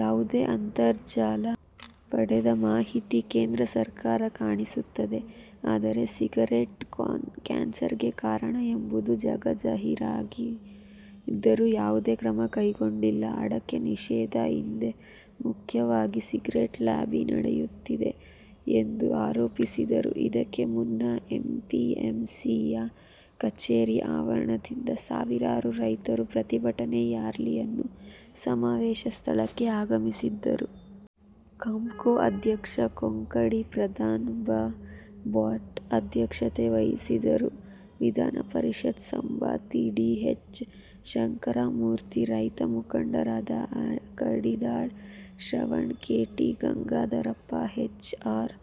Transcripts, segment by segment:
ಯಾವುದೋ ಅಂತರ್ಜಾಲದಲ್ಲಿ ಪಡೆದ ಮಾಹಿತಿ ಕೇಂದ್ರ ಸರ್ಕಾರಕ್ಕೆ ಕಾಣಿಸುತ್ತಿದೆ. ಆದರೆ ಸಿಗರೇಟ್ ಕ್ಯಾನ್ಸರ್ಗೆ ಕಾರಣ ಎಂಬುದು ಜಗಜ್ಜಾಹೀರಾಗಿದ್ದರೂ ಯಾವುದೇ ಕ್ರಮ ಕೈಗೊಂಡಿಲ್ಲ. ಅಡಕೆ ನಿಷೇಧದ ಹಿಂದೆ ಮುಖ್ಯವಾಗಿ ಸಿಗರೇಟ್ ಲಾಬಿ ನಡೆಯುತ್ತಿದೆ ಎಂದು ಆರೋಪಿಸಿದರು. ಇದಕ್ಕೂ ಮುನ್ನ ಎಪಿಎಂಸಿಯ ಕಚೇರಿ ಆವರಣದಿಂದ ಸಾವಿರಾರು ರೈತರು ಪ್ರತಿಭಟನಾ ರ್ಯಾಲಿಯಲ್ಲಿ ಸಮಾವೇಶ ಸ್ಥಳಕ್ಕೆ ಆಗಮಿಸಿದರು. ಕಾಂಪ್ಕೊ ಅಧ್ಯಕ್ಷ ಕೊಂಕಾಡಿ ಪದ್ಮನಾಭ್ ಭಟ್ ಅಧ್ಯಕ್ಷತೆ ವಹಿಸಿದ್ದರು. ವಿಧಾನಪರಿಷತ್ ಸಭಾಪತಿ ಡಿ. ಹೆಚ್. ಶಂಕರಮೂರ್ತಿ, ರೈತ ಮುಖಂಡರಾದ Kadidal Shamanna. K. T. Gangadharappa, H. R.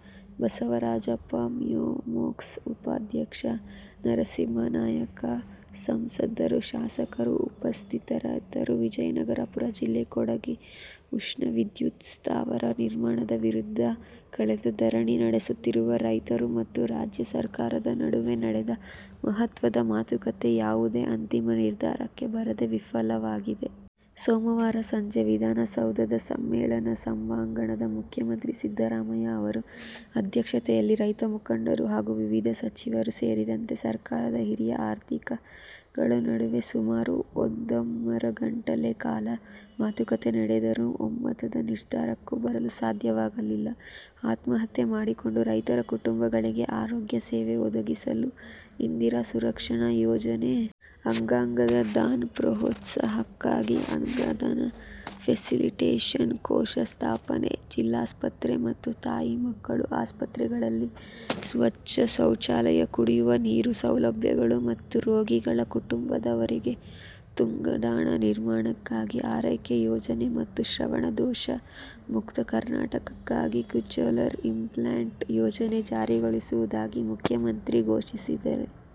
Basavarajappa, MAMCOS ಉಪಾಧ್ಯಕ್ಷ ನರಸಿಂಹನಾಯ್ಕ, ಸಂಸದರು, ಶಾಸಕರು ಉಪಸ್ಥಿತರಿದ್ದರು. ವಿಜಯಾ ಪುರ ಜಿಲ್ಲೆಯ ಕೂಡಗಿ ಉಷ್ಣ ವಿದ್ಯುತ್ ಸ್ಥಾವರ ನಿರ್ಮಾಣದ ವಿರುದ್ಧ ಕಳೆದ ಧರಣಿ ನಡೆಸುತ್ತಿರುವ ರೈತರು ಮತ್ತು ರಾಜ್ಯ ಸರ್ಕಾರದ ನಡುವೆ ನಡೆದ ಮಹತ್ವದ ಮಾತುಕತೆ ಯಾವುದೇ ಅಂತಿಮ ನಿರ್ಧಾರಕ್ಕೆ ಬರದೆ ವಿಫಲವಾಗಿದೆ. ಸೋಮವಾರ ಸಂಜೆ ವಿಧಾನ ಸೌಧದ ಸಮ್ಮೇಳನ ಸಭಾಂಗಣದಲ್ಲಿ ಮುಖ್ಯ ಮಂತ್ರಿ ಸಿದ್ದರಾಮಯ್ಯ ಅವರ ಅಧ್ಯಕ್ಷತೆಯಲ್ಲಿ ರೈತ ಮುಖಂಡರು ಹಾಗೂ ವಿವಿಧ ಸಚಿವರು ಸೇರಿದಂತೆ ಸರ್ಕಾರದ ಹಿರಿಯ ಅಧಿಕಾರಿಗಳ ನಡುವೆ ಸುಮಾರು ಒಂದೂವರೆ ಗಂಟೆಗಳ ಕಾಲ ಮಾತುಕತೆ ನಡೆದರೂ ಒಮ್ಮತದ ನಿರ್ಧಾರಕ್ಕೆ ಬರಲು ಸಾಧ್ಯವಾಗಲಿಲ್ಲ. ಆತ್ಮಹತ್ಯೆ ಮಾಡಿಕೊಂಡ ರೈತರ ಕುಟುಂಬಗಳಿಗೆ ಆರೋಗ್ಯ ಸೇವೆ ಒದಗಿಸಲು 'ಇಂದಿರಾ ಸುರಕ್ಷಾ ಯೋಜನೆ'. ಅಂಗಾಂಗ ದಾನ ಪ್ರೋತ್ಸಾಹಕ್ಕಾಗಿ ಅಂಗದಾನ ಫೆಸಿಲಿಟೇಷನ್ ಕೋಶ ಸ್ಥಾಪನೆ. ಜಿಲ್ಲಾಸ್ಪತ್ರೆ ಮತ್ತು ತಾಯಿ ಮಕ್ಕಳ ಆಸ್ಪತ್ರೆಗಳಲ್ಲಿ ಸ್ವತ್ಛ ಶೌಚಾಲಯ, ಕುಡಿಯುವ ನೀರಿನ ಸೌಲಭ್ಯ ಮತ್ತು ರೋಗಿಗಳ ಕುಟುಂಬದವರಿಗೆ ತಂಗುದಾಣ ನಿರ್ಮಾಣಕ್ಕಾಗಿ 'ಆರೈಕೆ ಯೋಜನೆ' ಮತ್ತು ಶ್ರವಣ ದೋಷ ಮುಕ್ತ ಕರ್ನಾಟಕಕ್ಕಾಗಿ 'ಕೊಚೆಲರ್ ಇಂಪ್ಲಾಂಟ್' ಯೋಜನೆ ಜಾರಿಗೊಳಿಸುವುದಾಗಿ ಮುಖ್ಯಮಂತ್ರಿ ಘೋಷಿಸಿದ್ದಾರೆ.